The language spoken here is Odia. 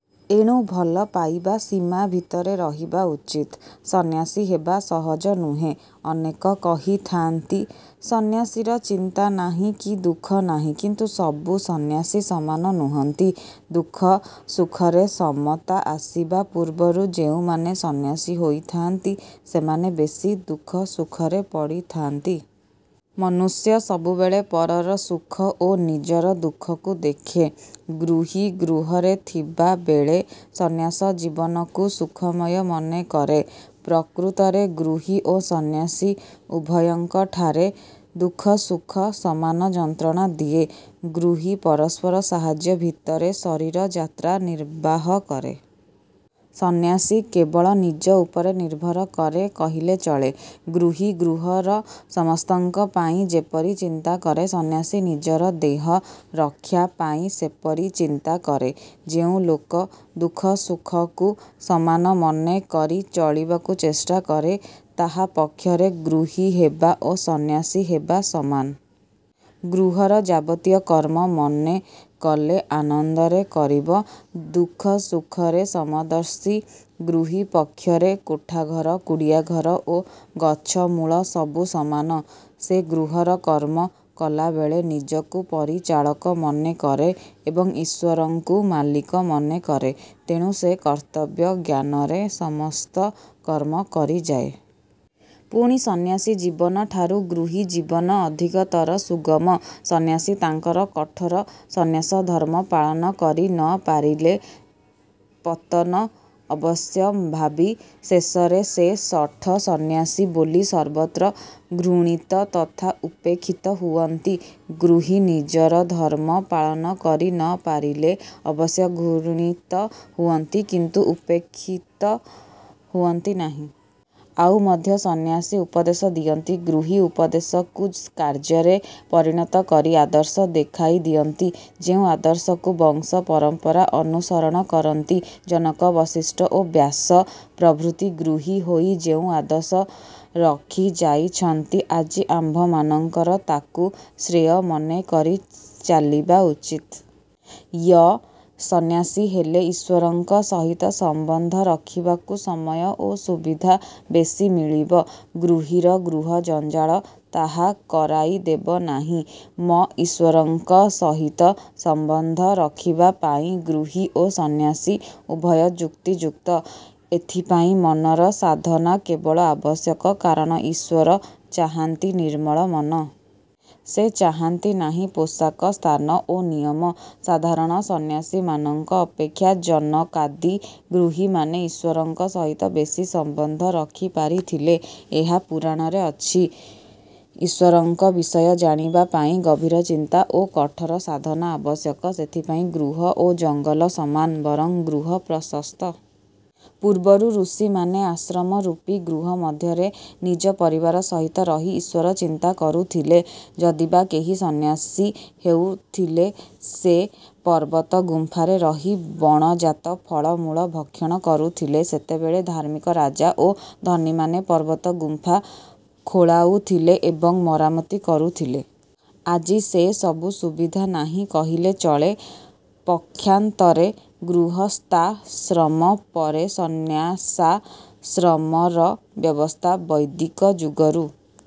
ଏଣୁ ଭଲ ପାଇବା ସୀମା ଭିତରେ ରହିବା ଉଚିତ। ସନ୍ନ୍ୟାସୀ ହେବା ସହଜ ନୁହେଁ। ଅନେକ କହିଥାନ୍ତି "ସନ୍ନ୍ୟାସୀର ଚିନ୍ତା ନାହିଁ କି ଦୁଃଖ ନାହିଁ" କିନ୍ତୁ ସବୁ ସନ୍ନ୍ୟାସୀ ସମାନ ନୁହନ୍ତି। ଦୁଃଖ ସୁଖରେ ସମତା ଆସିବା ପୂର୍ବରୁ ଯେଉଁମାନେ ସନ୍ନ୍ୟାସୀ ହୋଇଥାନ୍ତି, ସେମାନେ ବେଶୀ ଦୁଃଖ ସୁଖରେ ପଡ଼ିଥାନ୍ତି। ମନୁଷ୍ୟ ସବୁବେଳେ ପରର ସୁଖ ଓ ନିଜର ଦୁଃଖକୁ ଦେଖେ। ଗୃହୀ ଗୃହରେ ଥିବାବେଳେ ସନ୍ନ୍ୟାସ ଜୀବନକୁ ସୁଖମୟ ମନେକରେ। ପ୍ରକୃତରେ ଗୃହୀ ଓ ସନ୍ନ୍ୟାସୀ ଉଭୟଙ୍କଠାରେ ଦୁଃଖ ସୁଖ ସମାନ ଯନ୍ତ୍ରଣା ଦିଏ। ଗୃହୀ ପରସ୍ପର ସାହାଯ୍ୟ ଭିତରେ ଶରୀର ଯାତ୍ରା ନିର୍ବାହ କରେ। ସନ୍ନ୍ୟାସୀ କେବଳ ନିଜ ଉପରେ ନିର୍ଭର କରେ କହିଲେ ଚଳେ। ଗୃହୀ ଗୃହର ସମସ୍ତଙ୍କ ପାଇଁ ଯେପରି ଚିନ୍ତା କରେ, ସନ୍ନ୍ୟାସୀ ନିଜର ଦେହ ରକ୍ଷା ପାଇଁ ସେପରି ଚିନ୍ତା କରେ। ଯେଉଁ ଲୋକ ଦୁଃଖ ସୁଖକୁ ସମାନ ମନେକରି ଚଳିବାକୁ ଚେଷ୍ଟା କରେ, ତାହା ପକ୍ଷରେ ଗୃହୀ ହେବା ଓ ସନ୍ନ୍ୟାସୀ ହେବା ସମାନ। ଗୃହର ଯାବତୀୟ କର୍ମ, ମନ କଲେ ଆନନ୍ଦରେ କରିବ-। ଦୁଃଖ ସୁଖରେ ସମଦର୍ଶୀ ଗୃହୀ ପକ୍ଷରେ କୋଠାଘର, କୁଡ଼ିଆଘର ଓ ଗଛମୂଳ ସବୁ ସମାନ-। ସେ ଗୃହର କର୍ମ କଲାବେଳେ ନିଜକୁ ପରିଚାଳକ ମନେ କରେ ଏବଂ ଈଶ୍ଵରଙ୍କୁ ମାଲିକ ମନେ କରେ। ତେଣୁ ସେ କର୍ତ୍ତବ୍ୟ ଜ୍ଞାନରେ ସମସ୍ତ କର୍ମ କରିଯାଏ। ପୁଣି ସନ୍ନ୍ୟାସୀ ଜୀବନଠାରୁ ଗୃହୀ ଜୀବନ ଅଧିକତର ସୁଗମ। ସନ୍ନ୍ୟାସୀ ତାଙ୍କର କଠୋର ସନ୍ନ୍ୟାସ ଧର୍ମ ପାଳନ କରି ନ ପାରିଲେ ପତନ ଅବଶ୍ୟମ୍ଭାବୀ। ଶେଷରେ ସେ ଶଠ ସନ୍ନ୍ୟାସୀ ବୋଲି ସର୍ବତ୍ର ଘୃଣିତ ତଥା ଉପେକ୍ଷିତ ହୁଅନ୍ତି। ଗୃହୀ ନିଜର ଧର୍ମ ପାଳନ କରି ନ ପାରିଲେ ଅବଶ୍ୟ ଘୃଣିତ ହୁଅନ୍ତି କିନ୍ତୁ ଉପେକ୍ଷିତ ହୁଅନ୍ତି ନାହିଁ। ଆଉ ମଧ୍ୟ ସନ୍ନ୍ୟାସୀ ଉପଦେଶ ଦିଅନ୍ତି, ଗୃହୀ ଉପଦେଶକୁ କାର୍ଯ୍ୟରେ ପରିଣତ କରି ଆଦର୍ଶ ଦେଖାଇ ଦିଅନ୍ତି; ଯେଉଁ ଆଦର୍ଶକୁ ବଂଶ ପରମ୍ପରା ଅନୁସରଣ କରନ୍ତି। ଜନକ, ବଶିଷ୍ଠ ଓ ବ୍ୟାସ ପ୍ରଭୃତି ଗୃହୀ ହୋଇ ଯେଉଁ ଆଦର୍ଶ ରଖି ଯାଇଛନ୍ତି, ଆଜି ଆମ୍ଭମାନଙ୍କର ତାକୁ ଶ୍ରେୟ ମନେକରି ଚାଲିବା ଉଚିତ।। ୟ-ସନ୍ନ୍ୟାସୀ ହେଲେ ଈଶ୍ଵରଙ୍କ ସହିତ ସମ୍ବନ୍ଧ ରଖିବାକୁ ସମୟ ଓ ସୁବିଧା ବେଶୀ ମିଳିବ। ଗୃହୀର ଗୃହଜଞ୍ଜାଳ ତାହା କରାଇ ଦେବ ନାହିଁ। ମ-ଈଶ୍ଵରଙ୍କ ସହିତ ସମ୍ବନ୍ଧ ରଖିବା ପାଇଁ ଗୃହୀ ଓ ସନ୍ନ୍ୟାସୀ ଉଭୟ ଉପଯୁକ୍ତ। ଏଥିପାଇଁ ମନର ସାଧନା କେବଳ ଆବଶ୍ୟକ, କାରଣ ଈଶ୍ଵର ଚାହାନ୍ତି ନିର୍ମଳ ମନ। ସେ ଚାହାନ୍ତି ନାହିଁ ପୋଷାକ, ସ୍ଥାନ ଓ ନିୟମ। ସାଧାରଣ ସନ୍ନ୍ୟାସୀମାନଙ୍କ ଅପେକ୍ଷା ଜନକାଦି ଗୃହୀମାନେ ଈଶ୍ଵରଙ୍କ ସହିତ ବେଶୀ ସମ୍ବନ୍ଧ ରଖିପାରିଥିଲେ। ଏହା ପୁରାଣରେ ଅଛି। ଈଶ୍ଵରଙ୍କ ବିଷୟ ଜାଣିବା ପାଇଁ ଗଭୀର ଚିନ୍ତା ଓ କଠୋର ସାଧନା ଆବଶ୍ୟକ। ସେଥିପାଇଁ ଗୃହ ଓ ଜଙ୍ଗଲ ସମାନ, ବରଂ ଗୃହ ପ୍ରଶସ୍ତ। ପୂର୍ବରୁ ଋଷିମାନେ ଆଶ୍ରମରୂପୀ ଗୃହ ମଧ୍ୟରେ ନିଜ ପରିବାର ସହିତ ରହି ଈଶ୍ଵର ଚିନ୍ତା କରୁଥିଲେ। ଯଦିବା କେହି ସନ୍ନ୍ୟାସୀ ହେଉଥିଲେ ସେ ପର୍ବତ ଗୁମ୍ପାରେ ରହି ବଣଜାତ ଫଳମୂଳ ଭକ୍ଷଣ କରୁଥିଲେ। ସେତେବେଳେ ଧାର୍ମିକ ରାଜା ଓ ଧନୀମାନେ ପର୍ବତ ଗୁମ୍ଫା ଖୋଳାଉଥିଲେ ଏବଂ ମରାମତି କରୁଥିଲେ। ଆଜି ସେସବୁ ସୁବିଧା ନାହିଁ କହିଲେ ଚଳେ। ପକ୍ଷାନ୍ତରେ ଗୃହସ୍ଥାଶ୍ରମ ପରେ ସନ୍ନ୍ୟାସାଶ୍ରମର ବ୍ୟବସ୍ଥା ବୈଦିକ ଯୁଗରୁ